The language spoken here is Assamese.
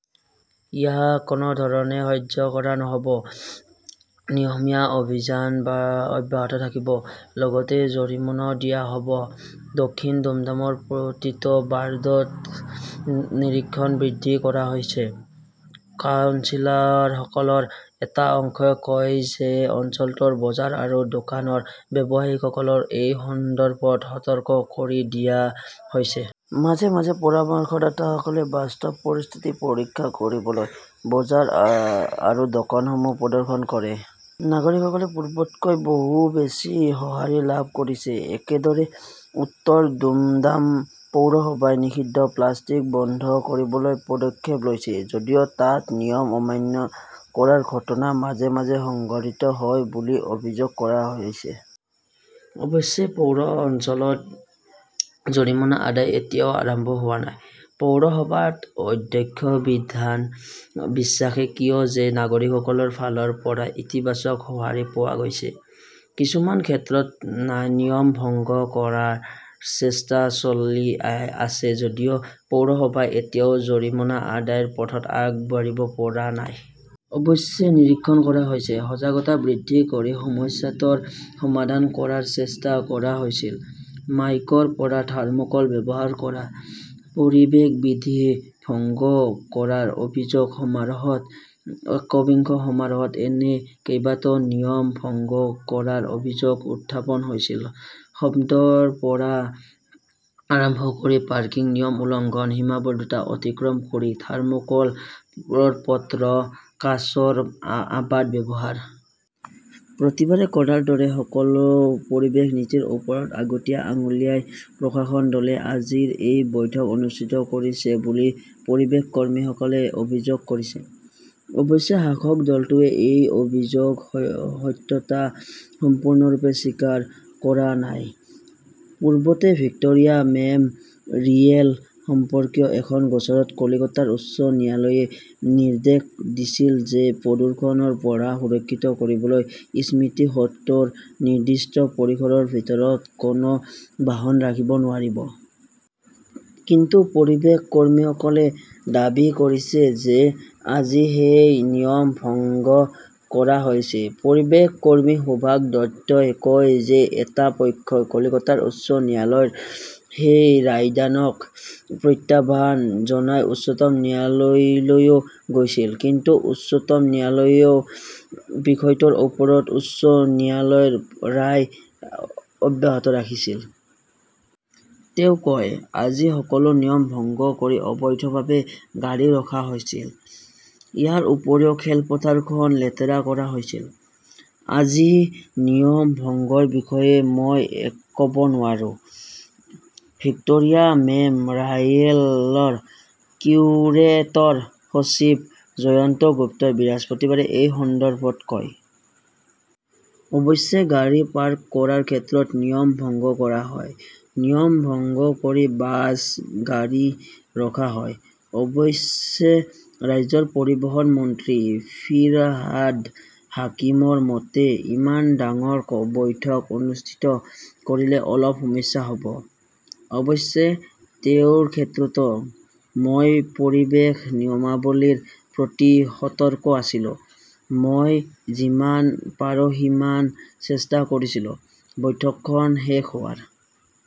ইয়াক কোনো ধৰণে সহ্য কৰা নহ "ব। নিয়মীয়া অভিযান অব্যাহত থাকিব। লগতে জৰিমনাও দিয়া হ "ব। দক্ষিণ দুমডামৰ প্ৰতিটো ৱাৰ্ডতো নিৰীক্ষণ বৃদ্ধি কৰা হৈছে। কাউন্সিলৰসকলৰ এটা অংশই কয় যে অঞ্চলটোৰ বজাৰ আৰু দোকানৰ ব্যৱসায়ীসকলক এই সন্দৰ্ভত সতৰ্ক কৰি দিয়া হৈছে। মাজে মাজে পৰামৰ্শদাতাসকলে বাস্তৱ পৰিস্থিতি পৰীক্ষা কৰিবলৈ বজাৰ আৰু দোকানসমূহ পৰিদৰ্শন কৰে। নাগৰিকসকলে পূৰ্বতকৈ বহু বেছি সঁহাৰি লাভ কৰিছে। একেদৰে, উত্তৰ দুমডাম পৌৰসভাই নিষিদ্ধ প্লাষ্টিক বন্ধ কৰিবলৈ পদক্ষেপ লৈছে। যদিও তাত নিয়ম অমান্য কৰাৰ ঘটনা মাজে মাজে সংঘটিত হয় বুলি অভিযোগ কৰা হৈছে। অৱশ্যে, পৌৰ অঞ্চলত জৰিমনা আদায় এতিয়াও আৰম্ভ হোৱা নাই। পৌৰসভাৰ অধ্যক্ষ বিধান বিশ্বাসে কয় যে নাগৰিকসকলৰ ফালৰ পৰা ইতিবাচক সঁহাৰি পোৱা গৈছে। কিছুমান ক্ষেত্ৰত নিয়ম ভংগ কৰাৰ চেষ্টা চলি আছে যদিও পৌৰসভাই এতিয়াও জৰিমনা আদায়ৰ পথত আগবাঢ়িব পৰা নাই। অৱশ্যে, নিৰীক্ষণ কৰা হৈছে। সজাগতা বৃদ্ধি কৰি সমস্যাটো সমাধান কৰাৰ চেষ্টা কৰা হৈছে। মাইকৰ পৰা থৰ্ম "কল ব্যৱহাৰ কৰা, পৰিৱেশ বিধি ভংগ কৰাৰ অভিযোগ সমাৰোহত একবিংশ সমাৰোহত এনে কেইবাটাও নিয়ম ভংগ কৰাৰ অভিযোগ উত্থাপন হৈছিল-শব্দৰ পৰা আৰম্ভ কৰি পাৰ্কিং-নিয়মৰ উলংঘন, সীমাবদ্ধতা অতিক্ৰম কৰি থাৰ্মোক্লৰ পাত্ৰ-কাঁচৰ অবাধ ব্যৱহাৰ। প্ৰতিবাৰে কৰাৰ দৰে সকলো পৰিৱেশ নীতিৰ ওপৰত আগতীয়া আঙুলিয়াই প্ৰশাসন দলে আজি এই বৈঠক অনুষ্ঠিত কৰিছে বুলি পৰিৱেশ কৰ্মীসকলে অভিযোগ কৰিছে। অৱশ্যে শাসক দলটোৱে এই অভিযোগৰ সত্যতা সম্পূৰ্ণৰূপে স্বীকাৰ কৰা নাই। পূৰ্বতে ভিক্টোৰিয়া মেম "ৰিয়েল সম্পৰ্কীয় এখন গোচৰত কলকাতা উচ্চ ন্যায়ালয়ে নিৰ্দেশ দিছিল যে প্ৰদূষণৰ পৰা সুৰক্ষিত কৰিবলৈ স্মৃতিসৌধটোৰ নিৰ্দিষ্ট পৰিসৰৰ ভিতৰত কোনো বাহন ৰাখিব নোৱাৰি। কিন্তু পৰিৱেশ কৰ্মীসকলে দাবী কৰিছে যে আজি সেই নিয়ম ভংগ কৰা হৈছে। পৰিৱেশ কৰ্মী সুভাষ দত্তই কয় যে এটা পক্ষই কলকাতা উচ্চ ন্যায়ালয়ৰ সেই ৰায়দানক প্ৰত্যাহ্বান জনাই উচ্চতম ন্যায়ালয়লৈও গৈছিল। কিন্তু উচ্চতম ন্যায়ালয়েও বিষয়টোৰ ওপৰত উচ্চ ন্যায়ালয়ৰ ৰায় অব্যাহত ৰাখিছিল। তেওঁ কয়, "আজি সকলো নিয়ম ভংগ কৰি অবৈধভাৱে গাড়ী ৰখা হৈছে। ইয়াৰ উপৰিও খেলপথাৰখন লেতেৰা কৰা হৈছে। "আজিৰ নিয়ম ভংগৰ বিষয়ে মই ক" ব নোৱাৰো ", ভিক্টোৰিয়া মেম" ৰিয়েলৰ কিউৰেটৰ-সচিব জয়ন্ত সেনগুপ্তই বৃহস্পতিবাৰে এই সন্দৰ্ভত কয়। অৱশ্যে, গাড়ী পাৰ্ক কৰাৰ ক্ষেত্ৰত নিয়ম ভংগ হয়। নিয়ম ভংগ কৰি বাছ, গাড়ী ৰখা হয়। "অৱশ্যে, ৰাজ্যৰ পৰিবহণ মন্ত্ৰী ফিৰহাদ হাকিমৰ মতে," ইমান ডাঙৰ বৈঠক অনুষ্ঠিত কৰিলে অলপ সমস্যা হ "ব। অৱশ্যে, তেওঁৰ ক্ষেত্ৰতো, মই পৰিৱেশ নিয়মাৱলীৰ প্ৰতি সতৰ্ক আছিলো। মই যিমান পাৰো সিমান চেষ্টা কৰিছিলো। বৈঠকখন শেষ হোৱাৰ